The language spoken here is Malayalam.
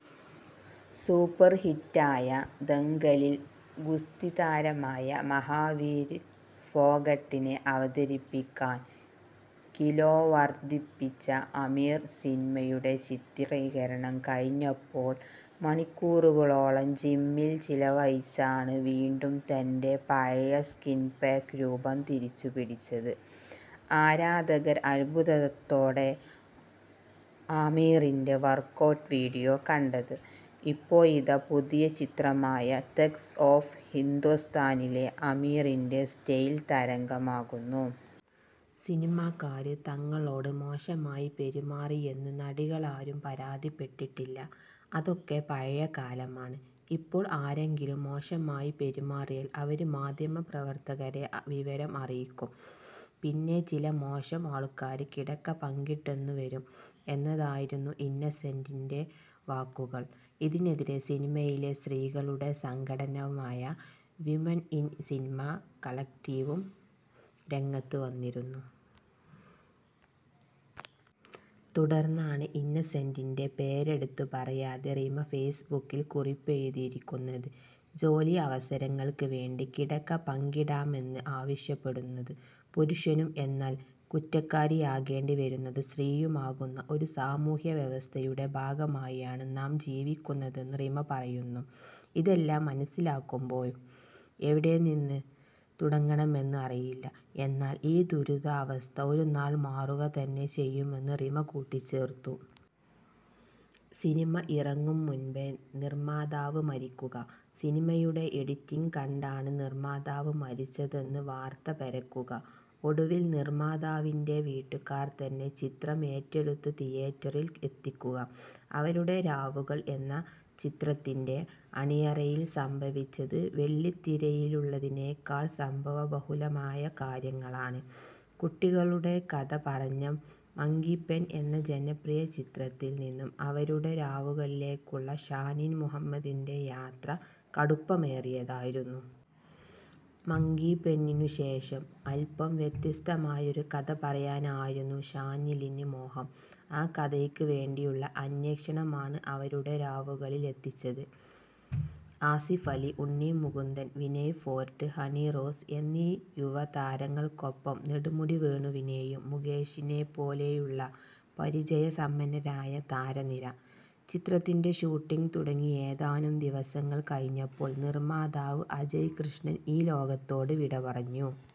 സൂപ്പര് ഹിറ്റായ ദംഗലില് ഗുസ്തിതാരമായ മഹാവീര് ഫോഗട്ടിനെ അവതരിപ്പിക്കാന് കിലോ വര്ധിപ്പിച്ച അമീർ സിനിമയുടെ ചിത്രീകരണം കഴിഞ്ഞപ്പോള് മണിക്കൂറുകളോളം ജിമ്മില് ചിലവഴിച്ചാണ് വീണ്ടും തന്റെ പഴയ സ്കിൻ പാക്ക് രൂപം തിരിച്ചുപിടിച്ചത്. ആരാധകര് അത്ഭുതത്തോടെ അമീറിന്റെ വര്ക്കൗട്ട് വീഡിയോ കണ്ടത്. ഇപ്പോഴിതാ പുതിയ ചിത്രമായ തഗ്സ് ഓഫ് ഹിന്ദോസ്ഥാനിലെ ആമീറിന്റെ സ്റ്റൈല് തരംഗമാകുന്നു. സിനിമാക്കാര് തങ്ങളോട് മോശമായി പെരുമാറിയെന്ന് നടികളാരും പരാതിപ്പെട്ടിട്ടില്ല. അതൊക്കെ പഴയ കാലമാണ്. ഇപ്പോള് ആരെങ്കിലും മോശമായി പെരുമാറിയാല് അവര് മാധ്യമ പ്രവര്ത്തകരെ വിവരം അറിയിക്കും. പിന്നെ ചില മോശം ആള്ക്കാര് കിടക്ക പങ്കിട്ടെന്നു വരും എന്നതായിരുന്നു ഇന്നസെന്റിന്റെ വാക്കുകള്. ഇതിനെതിരെ സിനിമയിലെ സ്ത്രീകളുടെ സംഘടനയായ വിമെന് ഇന് സിനിമ കളക്ടീവും രംഗത്ത് വന്നിരുന്നു. തുടര്ന്നാണ് ഇന്നസെന്റിന്റെ പേരെടുത്ത് പറയാതെ റിമ ഫെയ്സ്ബുക്കില് കുറിപ്പെഴുതിയിരിക്കുന്നത്. ജോലി അവസരങ്ങള്ക്ക് വേണ്ടി കിടക്ക പങ്കിടണമെന്ന് ആവശ്യപ്പെടുന്നത് പുരുഷനും എന്നാല് കുറ്റക്കാരിയാകേണ്ടി വരുന്നത് സ്ത്രീയുമാകുന്ന ഒരു സമൂഹ്യ വ്യവസ്ഥയുടെ ഭാഗമായാണ് നാം ജീവിക്കുന്നതെന്ന് റിമ പറയുന്നു. ഇതെല്ലാം മനസ്സിലാകുമ്പോഴും എവിടെ നിന്ന് തുടങ്ങണമെന്ന് അറിയില്ല. എന്നാല് ഈ ദുരവസ്ഥ ഒരു നാള് മാറുക തന്നെ ചെയ്യുമെന്ന് റിമ കൂട്ടിച്ചേര്ത്തു. സിനിമ ഇറങ്ങും മുൻപേ നിർമാതാവ് മരിക്കുക. സിനിമയുടെ എഡിറ്റിങ് കണ്ടാണ് നിർമാതാവ് മരിച്ചതെന്ന് വാർത്ത പരക്കുക. ഒടുവിൽ നിർമാതാവിന്റെ വീട്ടുകാർ തന്നെ ചിത്രം ഏറ്റെടുത്ത് തിയേറ്ററിൽ എത്തിക്കുക. അവരുടെ രാവുകൾ എന്ന ചിത്രത്തിന്റെ അണിയറയിൽ സംഭവിച്ചത് വെള്ളിത്തിരയിലുള്ളതിനേക്കാൾ സംഭവബഹുലമായ കാര്യങ്ങളാണ്. കുട്ടികളുടെ കഥ പറഞ്ഞ മങ്കിപെൻ എന്ന ജനപ്രിയ ചിത്രത്തിൽ നിന്നും അവരുടെ രാവുകളിലേയ്ക്കുള്ള ഷാനിൽ മുഹമ്മദിന്റെ യാത്ര കടുപ്പമേറിയതായിരുന്നു. മങ്കിപെന്നിനുശേഷം അല്പം വ്യത്യസ്തമായൊരു കഥ പറയാനായിരുന്നു ഷാനിലിന് മോഹം. ആ കഥയ്ക്കു വേണ്ടിയുള്ള അന്വേഷണമാണ് അവരുടെ രാവുകളില് എത്തിച്ചത്. ആസിഫ് അലി, ഉണ്ണി മുകുന്ദന്, വിനയ് ഫോര്ട്ട്, ഹണി റോസ് എന്നീ യുവതാരങ്ങൾക്കൊപ്പം നെടുമുടി വേണുവിനെയും മുകേഷിനെപ്പോലെയുമുള്ള പരിചയ സമ്പന്നരായ താരനിര. ചിത്രത്തിന്റെ ഷൂട്ടിങ് തുടങ്ങി ഏതാനും ദിവസങ്ങള് കഴിഞ്ഞപ്പോള് നിര്മാതാവ് അജയ് കൃഷ്ണന് ഈ ലോകത്തോട് വിടപറഞ്ഞു.